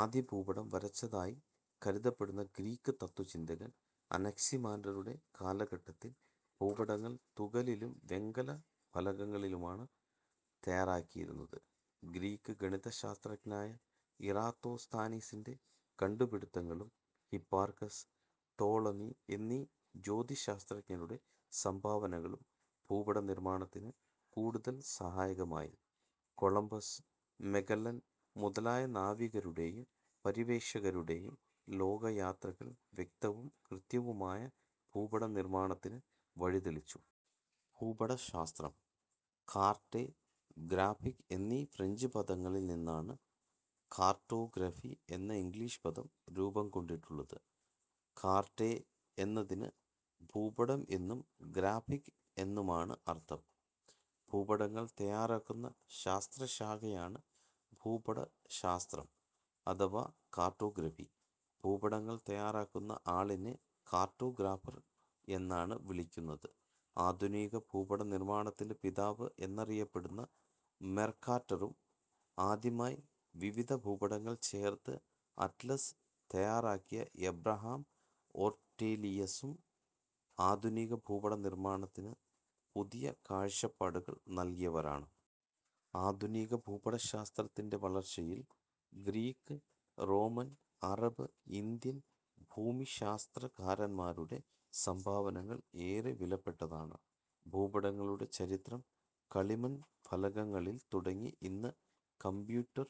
ആദ്യ ഭൂപടം വരച്ചതായി കരുതപ്പെടുന്ന ഗ്രീക്ക് തത്വചിന്തകൻ അനക്സിമാൻഡറുടെ കാലഘട്ടത്തിൽ ഭൂപടങ്ങൾ തുകലിലും വെങ്കല ഫലകങ്ങളിലുമാണ് തയ്യാറാക്കിയിരുന്നത്. ഗ്രീക്ക് ഗണിതശാസ്ത്രജ്ഞനായ ഇറാത്തോസ്തനീസിന്റെ കണ്ടുപിടുത്തങ്ങളും ഹിപ്പാർക്കസ്, ടോളമി എന്നീ ജ്യോതിശാസ്ത്രജ്ഞരുടെ സംഭാവനകളും ഭൂപടനിർമ്മാണത്തിന് കൂടുതൽ സഹായകമായി. കൊളമ്പസ്, മെഗല്ലൻ മുതലായ നാവികരുടെയും പര്യവേഷകരുടെയും ലോകയാത്രകൾ വ്യക്തവും കൃത്യവുമായ ഭൂപടനിർമ്മാണത്തിന് വഴിതെളിച്ചു. ഭൂപടശാസ്ത്രം- കാർട്ടേ ഗ്രാഫിക് എന്നീ ഫ്രഞ്ച് പദങ്ങളിൽ നിന്നാണ് കാർട്ടോഗ്രാഫി എന്ന ഇംഗ്ലീഷ് പദം രൂപംകൊണ്ടിട്ടുള്ളത്. കാർട്ടേ എന്നതിന് ഭൂപടം എന്നും ഗ്രാഫിക് എന്നുമാണ് അർഥം. ഭൂപടങ്ങൾ തയ്യാറാക്കുന്ന ശാസ്ത്രശാഖയാണ് ഭൂപടശാസ്ത്രം അഥവാ കാർട്ടോഗ്രാഫി. ഭൂപടങ്ങൾ തയ്യാറാക്കുന്ന ആളിനെ കാർട്ടോഗ്രാഫർ എന്നാണ് വിളിക്കുന്നത്. ആധുനിക ഭൂപടനിർമ്മാണത്തിന്റെ പിതാവ് എന്നറിയപ്പെടുന്ന മെർക്കാറ്ററും ആദ്യമായി വിവിധ ഭൂപടങ്ങൾ ചേർത്ത് "അറ്റ്ലസ്' തയ്യാറാക്കിയ എബ്രഹാം ഓർട്ടേലിയസും ആധുനിക ഭൂപടനിർമ്മാണത്തിന് പുതിയ കാഴ്ചപ്പാടുകൾ നൽകിയവരാണ്. ആധുനിക ഭൂപടശാസ്ത്രത്തിന്റെ വളർച്ചയിൽ ഗ്രീക്ക്, റോമൻ, അറബ്, ഇന്ത്യൻ ഭൂമിശാസ്ത്രകാരന്മാരുടെ സംഭാവനകൾ ഏറെ വിലപ്പെട്ടതാണ്. ഭൂപടങ്ങളുടെ ചരിത്രം കളിമൺ ഫലകങ്ങളിൽ തുടങ്ങി ഇന്ന് കമ്പ്യൂട്ടർ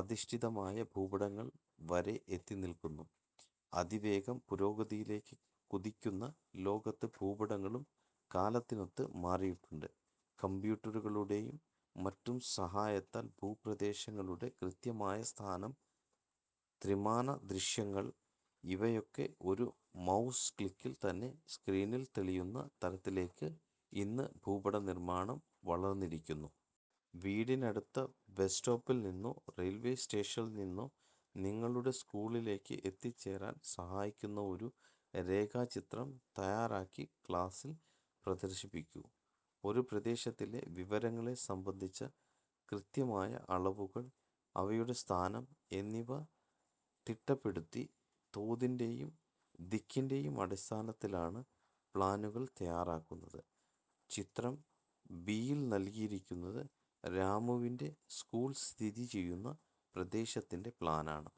അധിഷ്ഠിതമായ ഭൂപടങ്ങൾ വരെ എത്തിനിൽക്കുന്നു. അതിവേഗം പുരോഗതിയിലേക്ക് കുതിക്കുന്ന ലോകത്ത് ഭൂപടങ്ങളും കാലത്തിനൊത്ത് മാറിയിട്ടുണ്ട്. കമ്പ്യൂട്ടറുകളുടെയും മറ്റും സഹായത്താൽ ഭൂപ്രദേശങ്ങളുടെ കൃത്യമായ സ്ഥാനം, ത്രിമാനദൃശ്യങ്ങൾ ഇവയൊക്കെ ഒരു മൗസ് ക്ലിക്കിൽ തന്നെ സ്ക്രീനിൽ തെളിയുന്ന തരത്തിലേക്ക് ഇന്ന് ഭൂപടനിർമ്മാണം വളർന്നിരിക്കുന്നു. വീടിനടുത്ത ബസ്സ് സ്റ്റോപ്പിൽ നിന്നോ റെയിൽവെ സ്റ്റേഷനിൽനിന്നോ നിങ്ങളുടെ സ്കൂളിലേക്ക് എത്തിച്ചേരാൻ സഹായിക്കുന്ന ഒരു രേഖാചിത്രം തയ്യാറാക്കി ക്ലാസിൽ പ്രദർശിപ്പിക്കൂ. ഒരു പ്രദേശത്തിലെ വിവരങ്ങളെ സംബന്ധിച്ച കൃത്യമായ അളവുകൾ, അവയുടെ സ്ഥാനം എന്നിവ തിട്ടപ്പെടുത്തി തോതിന്റെയും ദിക്കിന്റെയും അടിസ്ഥാനത്തിലാണ് പ്ലാനുകൾ തയ്യാറാക്കുന്നത്. ചിത്രം ബി യിൽ നൽകിയിരിക്കുന്നത് രാമുവിന്റെ സ്കൂൾ സ്ഥിതിചെയ്യുന്ന പ്രദേശത്തിന്റെ പ്ലാനാണ്.